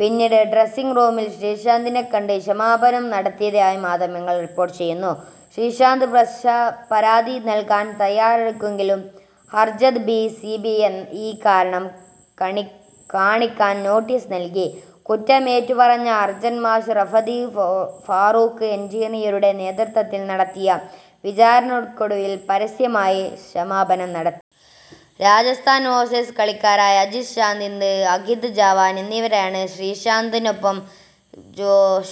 പിന്നീട് ഡ്രസിംഗ് റൂമിൽ ശ്രീശാന്തിനെ കണ്ട് ക്ഷമാപണം നടത്തിയതായി മാധ്യമങ്ങൾ റിപ്പോർട്ട് ചെയ്തു. ശ്രീശാന്ത് പരാതി നൽകാൻ തയ്യാറായില്ലെങ്കിലും ഹർഭജന് ബി. സി. സി. ഐ കാരണം കാണിക്കൽ നോട്ടീസ് നൽകി. കുറ്റം ഏറ്റുപറഞ്ഞ ഹർഭജൻ മാച്ച് റഫറി ഫാറൂഖ് എൻജിനിയറുടെ നേതൃത്വത്തിൽ നടന്ന വിചാരണക്കൊടുവിൽ പരസ്യമായി ക്ഷമാപണം നടത്തി. രാജസ്ഥാൻ റോയൽസ് കളിക്കാരായ അജിത് ചാന്ദില, അങ്കിത് ചവാൻ എന്നിവരെയാണ് ശ്രീശാന്തിനൊപ്പം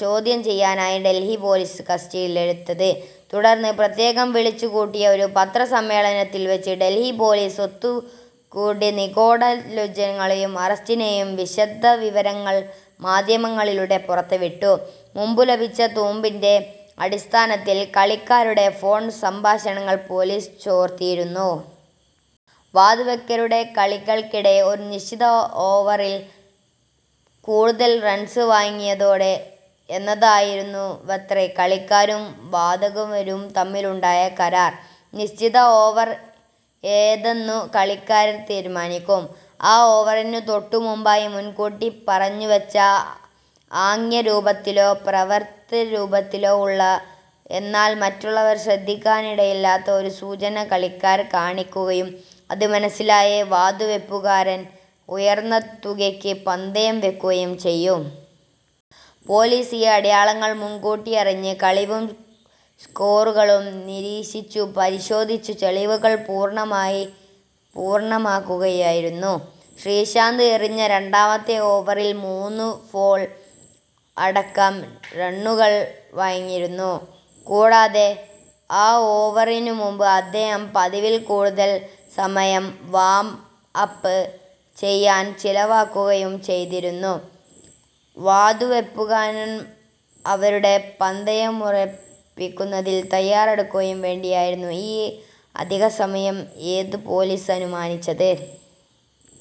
ചോദ്യം ചെയ്യാനായി ഡൽഹി പൊലീസ് കസ്റ്റഡിയിലെടുത്തത്. തുടർന്നു്, പ്രത്യേകം വിളിച്ചുകൂട്ടിയ ഒരു പത്രസമ്മേളനത്തിൽ വെച്ച് ഡെൽഹി പോലീസ് ഒത്തുകളിഗൂഢാലോചനയുടേയും അറസ്റ്റിന്റേയും വിശദവിവരങ്ങൾ മാദ്ധ്യമങ്ങളിലൂടെ പുറത്തുവിട്ടു. മുമ്പു ലഭിച്ച തുമ്പിന്റെ അടിസ്ഥാനത്തിൽ കളിക്കാരുടെ ഫോൺ സംഭാഷണങ്ങൾ പോലീസ് ചോർത്തിയിരുന്നു. വാതുവെക്കുന്നവരുടെ സൗകര്യത്തിനു വേണ്ടി കളികൾക്കിടെ ഒരു നിശ്ചിത ഓവറിൽ കൂടുതൽ റൺസ് വഴങ്ങിക്കൊടുക്കുക എന്നതായിരുന്നുവത്രേ കളിക്കാരും വാതുവെക്കുന്നവരും തമ്മിലുണ്ടായിരുന്ന കരാർ. നിശ്ചിത ഓവർ ഏതെന്നു് കളിക്കാരൻ തീരുമാനിക്കും. ആ ഓവറിനു തൊട്ടുമുമ്പായി, മുൻകൂട്ടി പറഞ്ഞുവെച്ച, ആംഗ്യരൂപത്തിലോ പ്രവൃത്തിരൂപത്തിലോ ഉള്ള, എന്നാൽ മറ്റുള്ളവർ ശ്രദ്ധിക്കാനിടയില്ലാത്ത, ഒരു സൂചന കളിക്കാരൻ കാണിക്കുകയും അതു മനസ്സിലാക്കി വാതുവെപ്പുകാർ ഉയർന്ന തുകകൾക്കു പന്തയം വെക്കുകയും ചെയ്യും. പോലീസ് ഈ അടയാളങ്ങൾ മുൻകൂട്ടിയറിഞ്ഞ് കളിയും സ്കോറുകളും നിരീക്ഷിച്ചു പരിശോധിച്ച് തെളിവുകൾ പൂർണ്ണമാക്കുകയായിരുന്നു. ശ്രീശാന്ത് എറിഞ്ഞ രണ്ടാമത്തെ ഓവറിൽ മൂന്നു ഫോർ അടക്കം റണ്ണുകൾ വഴങ്ങിയിരുന്നു. കൂടാതെ, ആ ഓവറിനുമുമ്പ് അദ്ദേഹം പതിവിൽ കൂടുതൽ സമയം 'വാം അപ്' ചെയ്യാൻ ചെലവാക്കുകയും ചെയ്തിരുന്നു. വാതുവെപ്പുകാർക്കു് അവരുടെ പന്തയമുറപ്പിക്കുന്നതിൽ തയ്യാറെടുക്കാൻ വേണ്ടിയായിരുന്നു ഈ അധികസമയം എന്നു് പോലീസ് അനുമാനിച്ചു.